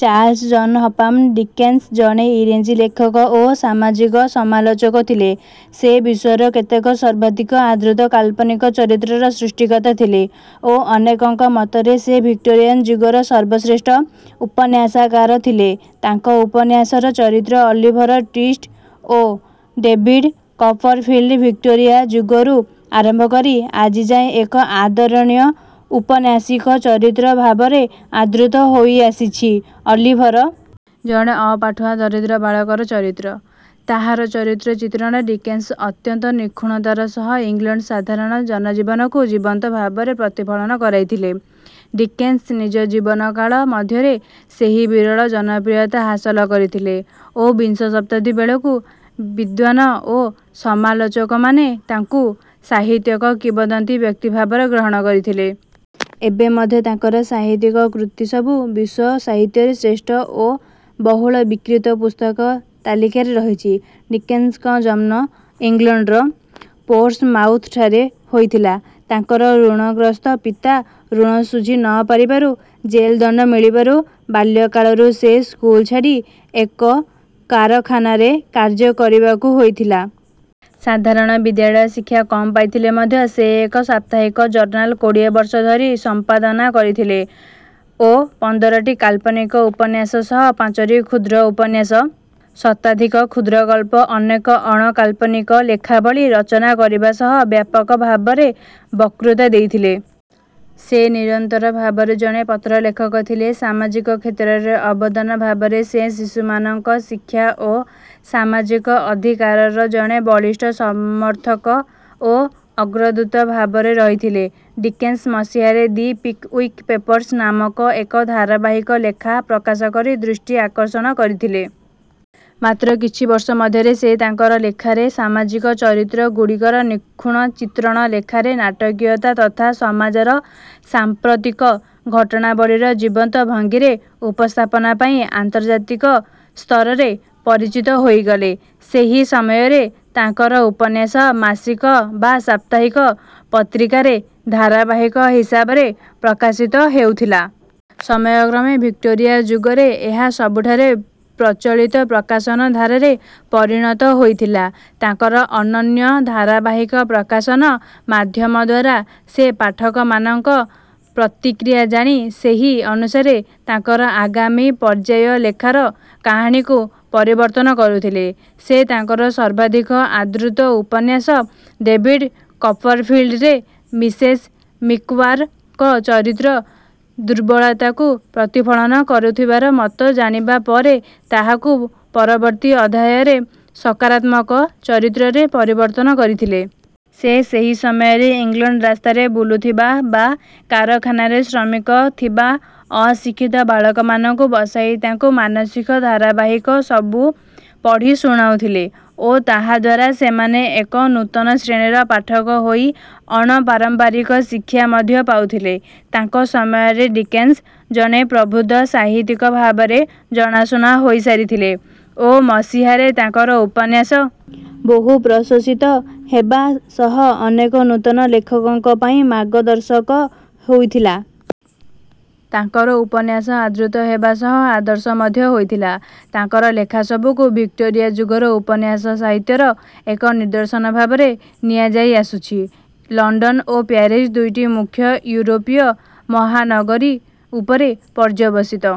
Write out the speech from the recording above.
Charles John Huffam Dickens ଜଣେ ଇଂରାଜୀ ଲେଖକ ଓ ସାମାଜିକ ସମାଲୋଚକ ଥିଲେ। ସେ ବିଶ୍ୱର କେତେକ ସର୍ବାଧିକ ଆଦୃତ କାଳ୍ପନିକ ଚରିତ୍ରର ସୃଷ୍ଟିକର୍ତ୍ତା ଥିଲେ ଓ ଅନେକଙ୍କ ମତରେ ସେ ଭିକ୍ଟୋରିଆନ୍ ଯୁଗର ସର୍ବଶ୍ରେଷ୍ଠ ଉପନ୍ୟାସକାର ଥିଲେ। ତାଙ୍କ ଉପନ୍ୟାସର ଚରିତ୍ର ଅଲିଭର ଟ୍ୱିଷ୍ଟ ଓ ଡେଭିଡ୍ କପରଫିଲ୍ଡ ଭିକ୍ଟୋରିଆ ଯୁଗରୁ ଆରମ୍ଭ କରି ଆଜିଯାଏ ଏକ ଆଦରଣୀୟ ଔପନ୍ୟାସିକ ଚରିତ୍ର ଭାବରେ ଆଦୃତ ହୋଇଆସିଛି। ଅଲିଭର ଜଣେ ଅପାଠୁଆ ଦରିଦ୍ର ବାଳକର ଚରିତ୍ର। ତାହାର ଚରିତ୍ର ଚିତ୍ରଣରେ ଡିକେନ୍ସ ଅତ୍ୟନ୍ତ ନିଖୁଣତାର ସହ ଇଂଲଣ୍ଡର ସାଧାରଣ ଜନଜୀବନକୁ ଜୀବନ୍ତ ଭାବରେ ପ୍ରତିଫଳନ କରାଇଥିଲେ। ଡିକେନ୍ସ ନିଜ ଜୀବନକାଳ ମଧ୍ୟରେ ସେହି ବିରଳ ଜନପ୍ରିୟତା ହାସଲ କରିଥିଲେ ଓ ବିଂଶ ଶତାବ୍ଦୀ ବେଳକୁ ବିଦ୍ୱାନ ଓ ସମାଲୋଚକମାନେ ତାଙ୍କୁ ସାହିତ୍ୟିକ କିମ୍ବଦନ୍ତୀ ବ୍ୟକ୍ତି ଭାବରେ ଗ୍ରହଣ କରିଥିଲେ। ଏବେ ମଧ୍ୟ ତାଙ୍କର ସାହିତ୍ୟିକ କୃତିସବୁ ବିଶ୍ୱ ସାହିତ୍ୟରେ ଶ୍ରେଷ୍ଠ ଓ ବହୁଳ ବିକ୍ରୀତ ପୁସ୍ତକ ତାଲିକାରେ ରହିଛି। ଡିକେନ୍ସଙ୍କ ଜନ୍ମ ଇଂଲଣ୍ଡର ପୋର୍ଟ୍ସମାଉଥ୍‌ଠାରେ ହୋଇଥିଲା। ତାଙ୍କର ଋଣଗ୍ରସ୍ତ ପିତା ଋଣ ଶୁଝି ନ ପାରିବାରୁ ଜେଲ୍ ଦଣ୍ଡ ମିଳିବାରୁ, ବାଲ୍ୟକାଳରୁ ସେ ସ୍କୁଲ ଛାଡ଼ି ଏକ କାରଖାନାରେ କାର୍ଯ୍ୟ କରିବାକୁ ହୋଇଥିଲା। ସାଧାରଣ ବିଦ୍ୟାଳୟ ଶିକ୍ଷା କମ୍ ପାଇଥିଲେ ମଧ୍ୟ ସେ ଏକ ସାପ୍ତାହିକ ଜର୍ନାଲ୍ କୋଡ଼ିଏ ବର୍ଷ ଧରି ସମ୍ପାଦନା କରିଥିଲେ ଓ ପନ୍ଦରଟି କାଳ୍ପନିକ ଉପନ୍ୟାସ ସହ ପାଞ୍ଚଟି କ୍ଷୁଦ୍ର ଉପନ୍ୟାସ, ଶତାଧିକ କ୍ଷୁଦ୍ରଗଳ୍ପ, ଅନେକ ଅଣ-କାଳ୍ପନିକ ଲେଖାବଳୀ ରଚନା କରିବା ସହ ବ୍ୟାପକ ଭାବରେ ବକ୍ତୃତା ଦେଇଥିଲେ। ସେ ନିରନ୍ତର ଭାବରେ ଜଣେ ପତ୍ରଲେଖକ ଥିଲେ। ସାମାଜିକ କ୍ଷେତ୍ରରେ ଅବଦାନ ଭାବରେ ସେ ଶିଶୁମାନଙ୍କ ଶିକ୍ଷା ଓ ସାମାଜିକ ଅଧିକାରର ଜଣେ ବଳିଷ୍ଠ ସମର୍ଥକ ଓ ଅଗ୍ରଦୂତ ଭାବରେ ରହିଥିଲେ। ଡିକେନ୍ସ ମସିହାରେ ଦି ପିକ୍‌ୱିକ୍ ପେପର୍ସ ନାମକ ଏକ ଧାରାବାହିକ ଲେଖା ପ୍ରକାଶ କରି ଦୃଷ୍ଟି ଆକର୍ଷଣ କରିଥିଲେ। ମାତ୍ର କିଛି ବର୍ଷ ମଧ୍ୟରେ ସେ ତାଙ୍କର ଲେଖାରେ ସାମାଜିକ ଚରିତ୍ରଗୁଡ଼ିକର ନିଖୁଣ ଚିତ୍ରଣ, ଲେଖାରେ ନାଟକୀୟତା ତଥା ସମାଜର ସାଂପ୍ରତିକ ଘଟଣାବଳୀର ଜୀବନ୍ତ ଭଙ୍ଗୀରେ ଉପସ୍ଥାପନା ପାଇଁ ଅନ୍ତର୍ଜାତିକ ସ୍ତରରେ ପରିଚିତ ହୋଇଗଲେ। ସେହି ସମୟରେ ତାଙ୍କର ଉପନ୍ୟାସ ମାସିକ ବା ସାପ୍ତାହିକ ପତ୍ରିକାରେ ଧାରାବାହିକ ହିସାବରେ ପ୍ରକାଶିତ ହେଉଥିଲା। ସମୟକ୍ରମେ ଭିକ୍ଟୋରିଆ ଯୁଗରେ ଏହା ସବୁଠାରେ ପ୍ରଚଳିତ ପ୍ରକାଶନ ଧାରାରେ ପରିଣତ ହୋଇଥିଲା। ତାଙ୍କର ଅନନ୍ୟ ଧାରାବାହିକ ପ୍ରକାଶନ ମାଧ୍ୟମ ଦ୍ୱାରା ସେ ପାଠକମାନଙ୍କ ପ୍ରତିକ୍ରିୟା ଜାଣି ସେହି ଅନୁସାରେ ତାଙ୍କର ଆଗାମୀ ପର୍ଯ୍ୟାୟ ଲେଖାର କାହାଣୀକୁ ପରିବର୍ତ୍ତନ କରୁଥିଲେ। ସେ ତାଙ୍କର ସର୍ବାଧିକ ଆଦୃତ ଉପନ୍ୟାସ "ଡେଭିଡ୍ କପରଫିଲ୍ଡ"ରେ "ମିସେସ୍ ମିକାୱର"ଙ୍କ ଚରିତ୍ର ଦୁର୍ବଳତାକୁ ପ୍ରତିଫଳନ କରୁଥିବାର ମତ ଜାଣିବା ପରେ ତାହାକୁ ପରବର୍ତ୍ତୀ ଅଧ୍ୟାୟରେ ସକାରାତ୍ମକ ଚରିତ୍ରରେ ପରିବର୍ତ୍ତନ କରିଥିଲେ। ସେ ସେହି ସମୟରେ ଇଂଲଣ୍ଡ ରାସ୍ତାରେ ବୁଲୁଥିବା ବା କାରଖାନାରେ ଶ୍ରମିକ ଥିବା ଅଶିକ୍ଷିତ ବାଳକମାନଙ୍କୁ ବସାଇ ତାଙ୍କୁ ମାସିକ ଧାରାବାହିକ ସବୁ ପଢ଼ି ଶୁଣାଉଥିଲେ ଓ ତାହାଦ୍ୱାରା ସେମାନେ ଏକ ନୂତନ ଶ୍ରେଣୀର ପାଠକ ହୋଇ ଅଣପାରମ୍ପରିକ ଶିକ୍ଷା ମଧ୍ୟ ପାଉଥିଲେ। ତାଙ୍କ ସମୟରେ ଡିକେନ୍ସ ଜଣେ ପ୍ରବୁଦ୍ଧ ସାହିତ୍ୟିକ ଭାବରେ ଜଣାଶୁଣା ହୋଇସାରିଥିଲେ ଓ ମସିହାରେ ତାଙ୍କର ଉପନ୍ୟାସ ବହୁ ପ୍ରଶଂସିତ ହେବା ସହ ଅନେକ ନୂତନ ଲେଖକଙ୍କ ପାଇଁ ମାର୍ଗଦର୍ଶକ ହୋଇଥିଲା। ତାଙ୍କର ଉପନ୍ୟାସ ଆଦୃତ ହେବା ସହ ଆଦର୍ଶ ମଧ୍ୟ ହୋଇଥିଲା। ତାଙ୍କର ଲେଖାସବୁକୁ ଭିକ୍ଟୋରିଆ ଯୁଗର ଉପନ୍ୟାସ ସାହିତ୍ୟର ଏକ ନିଦର୍ଶନ ଭାବରେ ନିଆଯାଇଆସୁଛି। ଲଣ୍ଡନ ଓ ପ୍ୟାରିସ୍ ଦୁଇଟି ମୁଖ୍ୟ ୟୁରୋପୀୟ ମହାନଗରୀ ଉପରେ ପର୍ଯ୍ୟବସିତ..